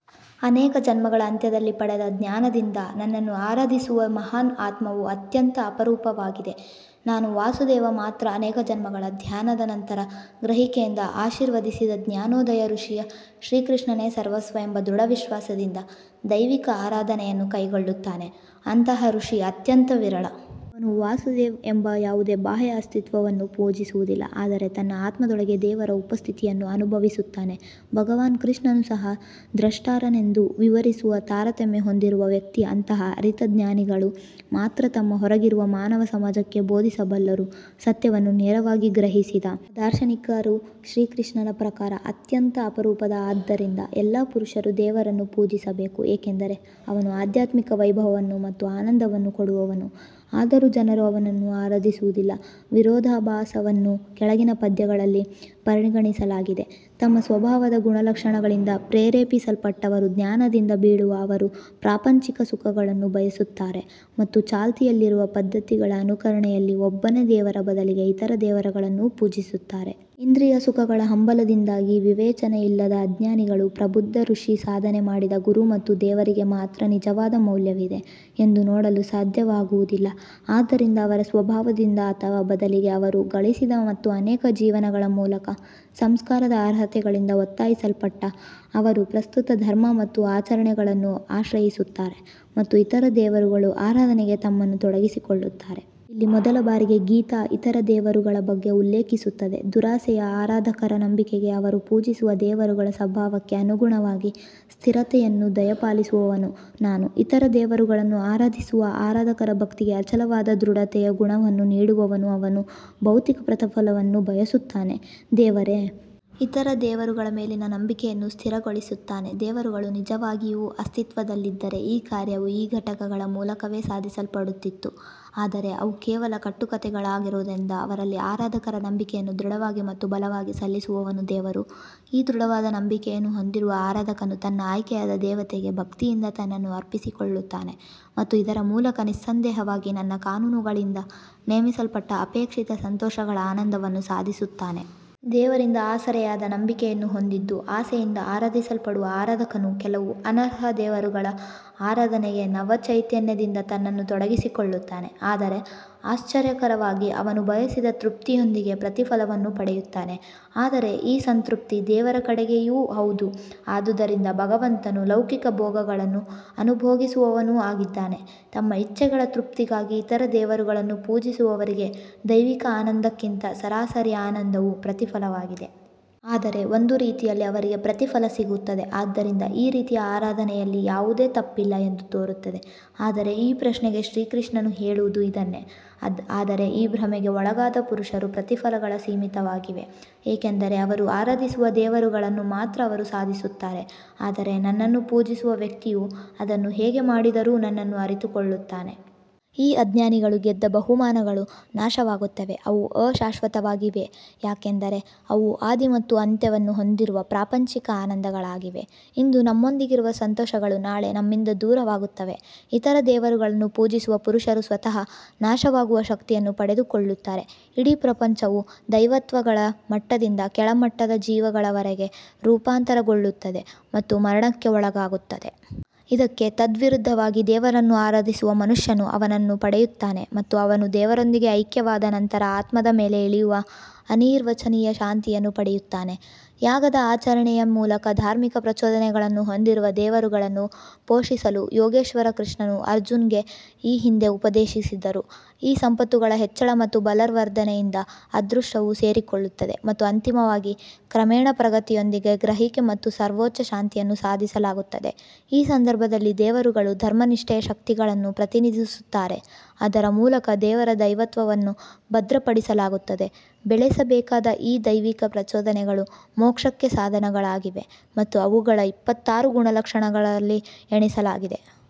ಅನೇಕ ಜನ್ಮಗಳ ಅಂತ್ಯದಲ್ಲಿ ಪಡೆದ ಜ್ಞಾನದಿಂದ ನನ್ನನ್ನು ಆರಾಧಿಸುವ ಮಹಾನ್ ಆತ್ಮವು ಅತ್ಯಂತ ಅಪರೂಪವಾಗಿದೆ ನಾನು ವಾಸುದೇವ ಮಾತ್ರ ಅನೇಕ ಜನ್ಮಗಳ ಧ್ಯಾನದ ನಂತರ ಗ್ರಹಿಕೆಯಿಂದ ಆಶೀರ್ವದಿಸಿದ ಜ್ಞಾನೋದಯ ಋಷಿಯು ಶ್ರೀಕೃಷ್ಣನೇ ಸರ್ವಸ್ವ ಎಂಬ ದೃಢವಿಶ್ವಾಸದಿಂದ ದೈವಿಕ ಆರಾಧನೆಯನ್ನು ಕೈಗೊಳ್ಳುತ್ತಾನೆ. ಅಂತಹ ಋಷಿ ಅತ್ಯಂತ ವಿರಳ ಅವನು ವಾಸುದೇವ್ ಎಂಬ ಯಾವುದೇ ಬಾಹ್ಯ ಅಸ್ತಿತ್ವವನ್ನು ಪೂಜಿಸುವುದಿಲ್ಲ ಆದರೆ ತನ್ನ ಆತ್ಮದೊಳಗೆ ದೇವರ ಉಪಸ್ಥಿತಿಯನ್ನು ಅನುಭವಿಸುತ್ತಾನೆ ಭಗವಾನ್ ಕೃಷ್ಣನು ಸಹ ದ್ರಷ್ಟಾರನೆಂದು ವಿವರಿಸುವ ತಾರತಮ್ಯ ಹೊಂದಿರುವ ವ್ಯಕ್ತಿ ಅಂತಹ ಅರಿತ ಜ್ಞಾನಿಗಳು ಮಾತ್ರ ತಮ್ಮ ಹೊರಗಿರುವ ಮಾನವ ಸಮಾಜಕ್ಕೆ ಬೋಧಿಸಬಲ್ಲರು ಸತ್ಯವನ್ನು ನೇರವಾಗಿ ಗ್ರಹಿಸಿದ ಈ ದಾರ್ಶನಿಕರು ಶ್ರೀಕೃಷ್ಣನ ಪ್ರಕಾರ ಅತ್ಯಂತ ಅಪರೂಪ ಆದ್ದರಿಂದ ಎಲ್ಲಾ ಪುರುಷರು ದೇವರನ್ನು ಪೂಜಿಸಬೇಕು ಏಕೆಂದರೆ ಅವನು ಆಧ್ಯಾತ್ಮಿಕ ವೈಭವವನ್ನು ಮತ್ತು ಆನಂದವನ್ನು ಕೊಡುವವನು ಆದರೂ ಜನರು ಅವನನ್ನು ಆರಾಧಿಸುವುದಿಲ್ಲ ವಿರೋಧಾಭಾಸವನ್ನು ಕೆಳಗಿನ ಪದ್ಯದಲ್ಲಿ ಪರಿಗಣಿಸಲಾಗಿದೆ ತಮ್ಮ ಸ್ವಭಾವದ ಗುಣಲಕ್ಷಣಗಳಿಂದ ಪ್ರೇರೇಪಿಸಲ್ಪಟ್ಟವರು ಜ್ಞಾನದಿಂದ ಬೀಳುವ ಅವರು ಪ್ರಾಪಂಚಿಕ ಸುಖಗಳನ್ನು ಬಯಸುತ್ತಾರೆ ಮತ್ತು ಚಾಲ್ತಿಯಲ್ಲಿರುವ ಪದ್ಧತಿಗಳ ಅನುಕರಣೆಯಲ್ಲಿ ಒಬ್ಬನೇ ದೇವರ ಬದಲಿಗೆ ಇತರ ದೇವರುಗಳನ್ನು ಪೂಜಿಸುತ್ತಾರೆ. ಇಂದ್ರಿಯ ಸುಖಗಳ ಹಂಬಲದಿಂದಾಗಿ ವಿವೇಚನೆಯಿಲ್ಲದ ಅಜ್ಞಾನಿಗಳು ಪ್ರಬುದ್ಧ ಋಷಿ ಸಾಧನೆ ಮಾಡಿದ ಗುರು ಮತ್ತು ದೇವರಿಗೆ ಮಾತ್ರ ನಿಜವಾದ ಮೌಲ್ಯವಿದೆ ಎಂದು ನೋಡಲು ಸಾಧ್ಯವಾಗುವುದಿಲ್ಲ. ಆದ್ದರಿಂದ ಅವರ ಸ್ವಭಾವದಿಂದ ಅಥವಾ ಬದಲಿಗೆ ಅವರು ಗಳಿಸಿದ ಮತ್ತು ಅನೇಕ ಜೀವನಗಳ ಮೂಲಕ ಸಂಸ್ಕಾರದ ಅರ್ಹತೆಗಳಿಂದ ಒತ್ತಾಯಿಸಲ್ಪಟ್ಟ ಅವರು ಪ್ರಸ್ತುತ ಧರ್ಮ ಮತ್ತು ಆಚರಣೆಗಳನ್ನು ಆಶ್ರಯಿಸುತ್ತಾರೆ ಮತ್ತು ಇತರ ದೇವರುಗಳ ಆರಾಧನೆಗೆ ತಮ್ಮನ್ನು ತೊಡಗಿಸಿಕೊಳ್ಳುತ್ತಾರೆ. ಇಲ್ಲಿ ಮೊದಲ ಬಾರಿಗೆ ಗೀತಾ ಇತರ ದೇವರುಗಳ ಬಗ್ಗೆ ಉಲ್ಲೇಖಿಸುತ್ತದೆ ದುರಾಸೆಯ ಆರಾಧಕರ ನಂಬಿಕೆಗೆ ಅವರು ಪೂಜಿಸುವ ದೇವರುಗಳ ಸ್ವಭಾವಕ್ಕೆ ಅನುಗುಣವಾಗಿ ಸ್ಥಿರತೆಯನ್ನು ದಯಪಾಲಿಸುವವನು ನಾನು. ಇತರ ದೇವರುಗಳನ್ನು ಆರಾಧಿಸುವ ಆರಾಧಕರ ಭಕ್ತಿಗೆ ಅಚಲವಾದ ದೃಢತೆಯ ಗುಣವನ್ನು ನೀಡುವವನು ಅವನು ಭೌತಿಕ ಪ್ರತಿಫಲವನ್ನು ಬಯಸುತ್ತಾನೆ. ದೇವರೇ ಇತರ ದೇವರುಗಳ ಮೇಲಿನ ನಂಬಿಕೆಯನ್ನು ಸ್ಥಿರಗೊಳಿಸುತ್ತಾನೆ ದೇವರುಗಳು ನಿಜವಾಗಿಯೂ ಅಸ್ತಿತ್ವದಲ್ಲಿದ್ದರೆ ಈ ಕಾರ್ಯವು ಈ ಘಟಕಗಳ ಮೂಲಕವೇ ಸಾಧಿಸಲ್ಪಡುತ್ತಿತ್ತು ಆದರೆ ಅವು ಕೇವಲ ಕಟ್ಟುಕಥೆಗಳಾಗಿರುವುದರಿಂದ ಅವರಲ್ಲಿ ಆರಾಧಕರ ನಂಬಿಕೆಯನ್ನು ದೃಢವಾಗಿ ಮತ್ತು ಬಲವಾಗಿ ಸಲ್ಲಿಸುವವನು ದೇವರು ಈ ದೃಢವಾದ ನಂಬಿಕೆಯನ್ನು ಹೊಂದಿರುವ ಆರಾಧಕನು ತನ್ನ ಆಯ್ಕೆಯಾದ ದೇವತೆಗೆ ಭಕ್ತಿಯಿಂದ ತನ್ನನ್ನು ಅರ್ಪಿಸಿಕೊಳ್ಳುತ್ತಾನೆ ಮತ್ತು ಇದರ ಮೂಲಕ ನಿಸ್ಸಂದೇಹವಾಗಿ ನನ್ನ ಕಾನೂನುಗಳಿಂದ ನೇಮಿಸಲ್ಪಟ್ಟ ಅಪೇಕ್ಷಿತ ಸಂತೋಷಗಳ ಆನಂದವನ್ನು ಸಾಧಿಸುತ್ತಾನೆ. ದೇವರಿಂದ ಆಸರೆಯಾದ ನಂಬಿಕೆಯನ್ನು ಹೊಂದಿದ್ದು ಆಸೆಯಿಂದ ಆರಾಧಿಸಲ್ಪಡುವ ಆರಾಧಕನು ಕೆಲವು ಅನರ್ಹ ದೇವರುಗಳ ಆರಾಧನೆಗೆ ನವಚೈತನ್ಯದಿಂದ ತನ್ನನ್ನು ತೊಡಗಿಸಿಕೊಳ್ಳುತ್ತಾನೆ ಆದರೆ ಆಶ್ಚರ್ಯಕರವಾಗಿ ಅವನು ಬಯಸಿದ ತೃಪ್ತಿಯೊಂದಿಗೆ ಪ್ರತಿಫಲವನ್ನು ಪಡೆಯುತ್ತಾನೆ. ಆದರೆ ಈ ಸಂತೃಪ್ತಿ ದೇವರ ಕೊಡುಗೆಯೂ ಹೌದು ಆದುದರಿಂದ ಭಗವಂತನು ಲೌಕಿಕ ಭೋಗಗಳನ್ನು ಅನುಭೋಗಿಸುವವನೂ ಆಗಿದ್ದಾನೆ ತಮ್ಮ ಇಚ್ಛೆಗಳ ತೃಪ್ತಿಗಾಗಿ ಇತರ ದೇವರುಗಳನ್ನು ಪೂಜಿಸುವವರಿಗೆ ದೈವಿಕ ಆನಂದಕ್ಕಿಂತ ಸರಾಸರಿ ಆನಂದವು ಪ್ರತಿಫಲವಾಗಿದೆ. ಆದರೆ ಒಂದು ರೀತಿಯಲ್ಲಿ ಅವರಿಗೆ ಪ್ರತಿಫಲ ಸಿಗುತ್ತದೆ ಆದ್ದರಿಂದ ಈ ರೀತಿಯ ಆರಾಧನೆಯಲ್ಲಿ ಯಾವುದೇ ತಪ್ಪಿಲ್ಲ ಎಂದು ತೋರುತ್ತದೆ ಆದರೆ ಈ ಪ್ರಶ್ನೆಗೆ ಶ್ರೀಕೃಷ್ಣನು ಹೇಳುವುದು ಇದನ್ನೇ ಆದರೆ ಈ ಭ್ರಮೆಗೆ ಒಳಗಾದ ಪುರುಷರ ಪ್ರತಿಫಲಗಳು ಸೀಮಿತವಾಗಿವೆ ಏಕೆಂದರೆ ಅವರು ಆರಾಧಿಸುವ ದೇವರುಗಳನ್ನು ಮಾತ್ರ ಅವರು ಸಾಧಿಸುತ್ತಾರೆ ಆದರೆ ನನ್ನನ್ನು ಪೂಜಿಸುವ ವ್ಯಕ್ತಿಯು ಅದನ್ನು ಹೇಗೆ ಮಾಡಿದರೂ ನನ್ನನ್ನು ಅರಿತುಕೊಳ್ಳುತ್ತಾನೆ. ಈ ಅಜ್ಞಾನಿಗಳು ಗೆದ್ದ ಬಹುಮಾನಗಳು ನಾಶವಾಗುತ್ತವೆ ಅವು ಅಶಾಶ್ವತವಾಗಿವೆ ಏಕೆಂದರೆ ಅವು ಆದಿ ಮತ್ತು ಅಂತ್ಯವನ್ನು ಹೊಂದಿರುವ ಪ್ರಾಪಂಚಿಕ ಆನಂದಗಳಾಗಿವೆ ಇಂದು ನಮ್ಮೊಂದಿಗಿರುವ ಸಂತೋಷಗಳು ನಾಳೆ ನಮ್ಮಿಂದ ದೂರವಾಗುತ್ತವೆ ಇತರ ದೇವರುಗಳನ್ನು ಪೂಜಿಸುವ ಪುರುಷರು ಸ್ವತಃ ನಾಶವಾಗುವ ಶಕ್ತಿಯನ್ನು ಪಡೆದುಕೊಳ್ಳುತ್ತಾರೆ ಇಡೀ ಪ್ರಪಂಚವು ದೈವತ್ವಗಳ ಮಟ್ಟದಿಂದ ಕೆಳಮಟ್ಟದ ಜೀವಿಗಳವರೆಗೆ ರೂಪಾಂತರಗೊಳ್ಳುತ್ತದೆ ಮತ್ತು ಮರಣಕ್ಕೆ ಒಳಗಾಗುತ್ತದೆ. ಇದಕ್ಕೆ ತದ್ವಿರುದ್ಧವಾಗಿ ದೇವರನ್ನು ಆರಾಧಿಸುವ ಮನುಷ್ಯನು ಅವನನ್ನು ಪಡೆಯುತ್ತಾನೆ ಮತ್ತು ಅವನು ದೇವರೊಂದಿಗೆ ಐಕ್ಯವಾದ ನಂತರ ಆತ್ಮದ ಮೇಲೆ ಇಳಿಯುವ ಅನಿರ್ವಚನೀಯ ಶಾಂತಿಯನ್ನು ಪಡೆಯುತ್ತಾನೆ. ಯಾಗದ ಆಚರಣೆಯ ಮೂಲಕ ಧಾರ್ಮಿಕ ಪ್ರಚೋದನೆಗಳನ್ನು ಹೊಂದಿರುವ ದೇವರುಗಳನ್ನು ಪೋಷಿಸಲು ಯೋಗೇಶ್ವರ್ ಕೃಷ್ಣನು ಅರ್ಜುನ್ಗೆ ಈ ಹಿಂದೆ ಉಪದೇಶಿಸಿದ್ದರು. ಈ ಸಂಪತ್ತುಗಳ ಹೆಚ್ಚಳ ಮತ್ತು ಬಲವರ್ಧನೆಯಿಂದ ಅದೃಷ್ಟವು ಸೇರಿಕೊಳ್ಳುತ್ತದೆ ಮತ್ತು ಅಂತಿಮವಾಗಿ ಕ್ರಮೇಣ ಪ್ರಗತಿಯೊಂದಿಗೆ ಗ್ರಹಿಕೆ ಮತ್ತು ಸರ್ವೋಚ್ಚ ಶಾಂತಿಯನ್ನು ಸಾಧಿಸಲಾಗುತ್ತದೆ ಈ ಸಂದರ್ಭದಲ್ಲಿ ದೇವರುಗಳು ಧರ್ಮನಿಷ್ಠೆಯ ಶಕ್ತಿಗಳನ್ನು ಪ್ರತಿನಿಧಿಸುತ್ತಾರೆ ಅದರ ಮೂಲಕ ದೇವರ ದೈವತ್ವವನ್ನು ಭದ್ರಪಡಿಸಲಾಗುತ್ತದೆ ಬೆಳೆಸಬೇಕಾದ ಈ ದೈವಿಕ ಪ್ರಚೋದನೆಗಳು ಮೋಕ್ಷಕ್ಕೆ ಸಾಧನಗಳಾಗಿವೆ ಮತ್ತು ಅವುಗಳ ಇಪ್ಪತ್ತಾರು ಗುಣಲಕ್ಷಣಗಳನ್ನು ರಲ್ಲಿ ಎಣಿಸಲಾಗಿದೆ.